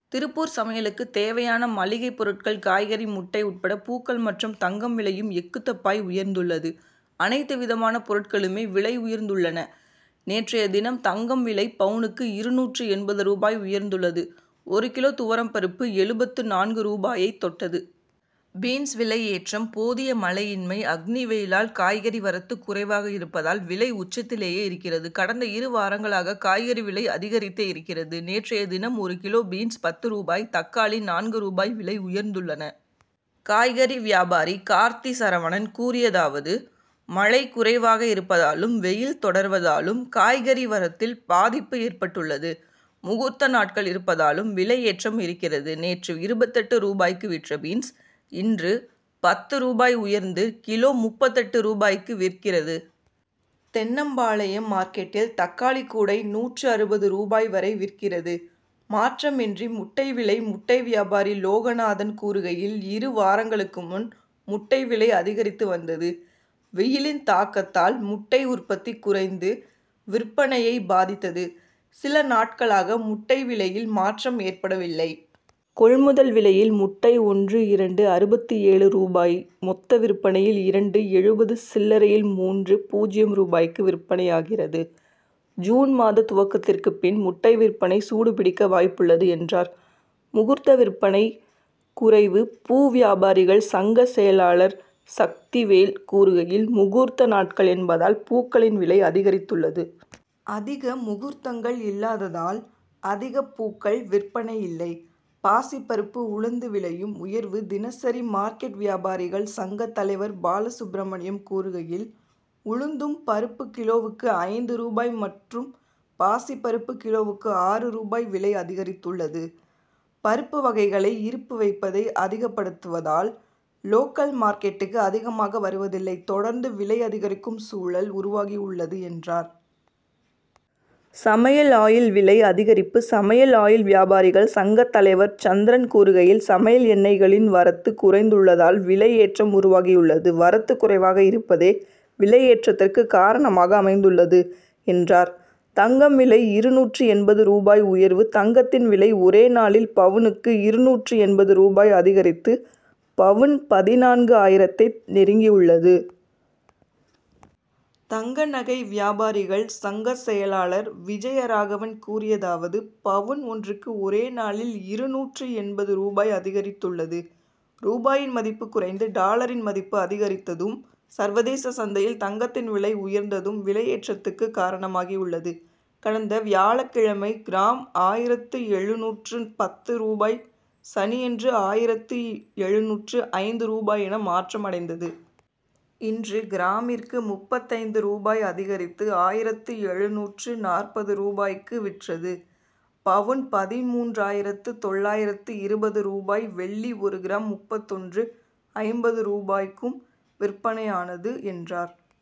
திருப்பூர் சமையலுக்கு தேவையான மளிகை பொருட்கள், காய்கறி, முட்டை உட்பட பூக்கள் மற்றும் தங்கம் விலையும் எக்குத்தப்பாய் உயர்ந்துள்ளது. அனைத்து விதமான பொருட்களுமே விலை உயர்ந் துள்ளன. நேற்றைய தினம் தங்கம் விலை பவுனுக்கு இருநூற்று எண்பது ரூபாய் உயர்ந்துள்ளது. ஒரு கிலோ துவரம் பருப்பு எழுபத்து நான்கு ரூபாயை தொட்டது. பீன்ஸ் விலை ஏற்றம் போதிய மழையின்மை, அக்னி வெயிலால் காய்கறி வரத்து குறைவாக இருப்பதால், விலை உச்சத்திலேயே இருக்கிறது. கடந்த இரு வாரங்களாக, காய்கறி விலை அதிகரித்தே இருக்கிறது. நேற்றைய தினம், ஒரு கிலோ பீன்ஸ் பத்து ரூபாய், தக்காளி நான்கு ரூபாய் விலை உயர்ந்துள்ளன. காய்கறி வியாபாரி கார்த்தி சரவணன் கூறியதாவது மழை குறைவாக இருப்பதாலும், வெயில் தொடர்வதாலும் காய்கறி வரத்தில் பாதிப்பு ஏற்பட்டுள்ளது. முகூர்த்த நாட்கள் இருப்பதாலும் விலை ஏற்றம் இருக்கிறது. நேற்று இருபத்தெட்டு ரூபாய்க்கு விற்ற பீன்ஸ், இன்று பத்து ரூபாய் உயர்ந்து, கிலோ முப்பத்தெட்டு ரூபாய்க்கு விற்கிறது. தென்னம்பாளையம் மார்க்கெட்டில் தக்காளி கூடை நூற்று அறுபது ரூபாய் வரை விற்கிறது. மாற்றமின்றி முட்டை விலை முட்டை வியாபாரி லோகநாதன் கூறுகையில், இரு வாரங்களுக்கு முன், முட்டை விலை அதிகரித்து வந்தது. வெயிலின் தாக்கத்தால் முட்டை உற்பத்தி குறைந்து, விற்பனையை பாதித்தது. சில நாட் களாக முட்டை விலையில் மாற்றம் ஏற்படவில்லை. கொள்முதல் விலையில் முட்டை ஒன்று இரண்டு.அறுபத்து ஏழு ரூபாய் மொத்த விற்பனையில் இரண்டு எழுபது சில்லரையில் மூன்று பூஜ்ஜியம் ரூபாய்க்கு விற்பனையாகிறது. ஜூன் மாத துவக்கத்திற்கு பின், முட்டை விற்பனை சூடுபிடிக்க வாய்ப்புள்ளது, என்றார். முகூர்த்த விற்பனை குறைவு பூ வியாபாரிகள் சங்க செயலாளர் சக்திவேல் கூறுகையில், முகூர்த்த நாட்கள் என்பதால் பூக்களின் விலை அதிகரித்துள்ளது. அதிக முகூர்த்தங்கள் இல்லாததால், அதிக பூக்கள் விற்பனை இல்லை. பாசிப்பருப்பு, உளுந்து விலையும் உயர்வு தினசரி மார்க்கெட் வியாபாரிகள் சங்க தலைவர் பாலசுப்ரமணியம் கூறுகையில், உளுந்தும் பருப்பு கிலோவுக்கு ஐந்து ரூபாய் மற்றும் பாசிப்பருப்பு கிலோவுக்கு ஆறு ரூபாய் விலை அதிகரித்துள்ளது. பருப்பு வகைகளை இருப்பு வைப்பதை அதிகப்படுத்துவதால், லோக்கல் மார்க்கெட்டுக்கு அதிகமாக வருவதில்லை தொடர்ந்து விலை அதிகரிக்கும் சூழல் உருவாகியுள்ளது, என்றார். சமையல் ஆயில் விலை அதிகரிப்பு சமையல் ஆயில் வியாபாரிகள் சங்க தலைவர் சந்திரன் கூறுகையில், சமையல் எண்ணெய்களின் வரத்து குறைந்துள்ளதால், விலை ஏற்றம் உருவாகியுள்ளது. வரத்து குறைவாக இருப்பதே, விலையேற்றத்திற்கு காரணமாக அமைந்துள்ளது, என்றார். தங்கம் விலை இருநூற்று எண்பது ரூபாய் உயர்வு தங்கத்தின் விலை ஒரே நாளில் பவுனுக்கு இருநூற்று எண்பது ரூபாய் அதிகரித்து, பவுன் பதினான்கு ஆயிரத்தை நெருங்கியுள்ளது. தங்க நகை வியாபாரிகள் சங்க செயலாளர் விஜயராகவன் கூறியதாவது பவுன் ஒன்றுக்கு ஒரே நாளில் இருநூற்று எண்பது ரூபாய் அதிகரித்துள்ளது. ரூபாயின் மதிப்பு குறைந்து டாலரின் மதிப்பு அதிகரித்ததும், சர்வதேச சந்தையில் தங்கத்தின் விலை உயர்ந்ததும் விலையேற்றத்துக்கு காரணமாகியுள்ளது. கடந்த வியாழக்கிழமை கிராம் ஆயிரத்து எழுநூற்று பத்து ரூபாய் சனியன்று ஆயிரத்து எழுநூற்று ஐந்து ரூபாய் என மாற்றம் அடைந்தது. இன்று கிராமிற்கு முப்பத்தைந்து ரூபாய் அதிகரித்து, ஆயிரத்து எழுநூற்று நாற்பது ரூபாய்க்கு விற்றது. பவுன் பதின்மூன்றாயிரத்து தொள்ளாயிரத்து இருபது ரூபாய் வெள்ளி ஒரு கிராம் முப்பத்தொன்று. ஐம்பது ரூபாய்க்கும் விற்பனையானது என்றார்.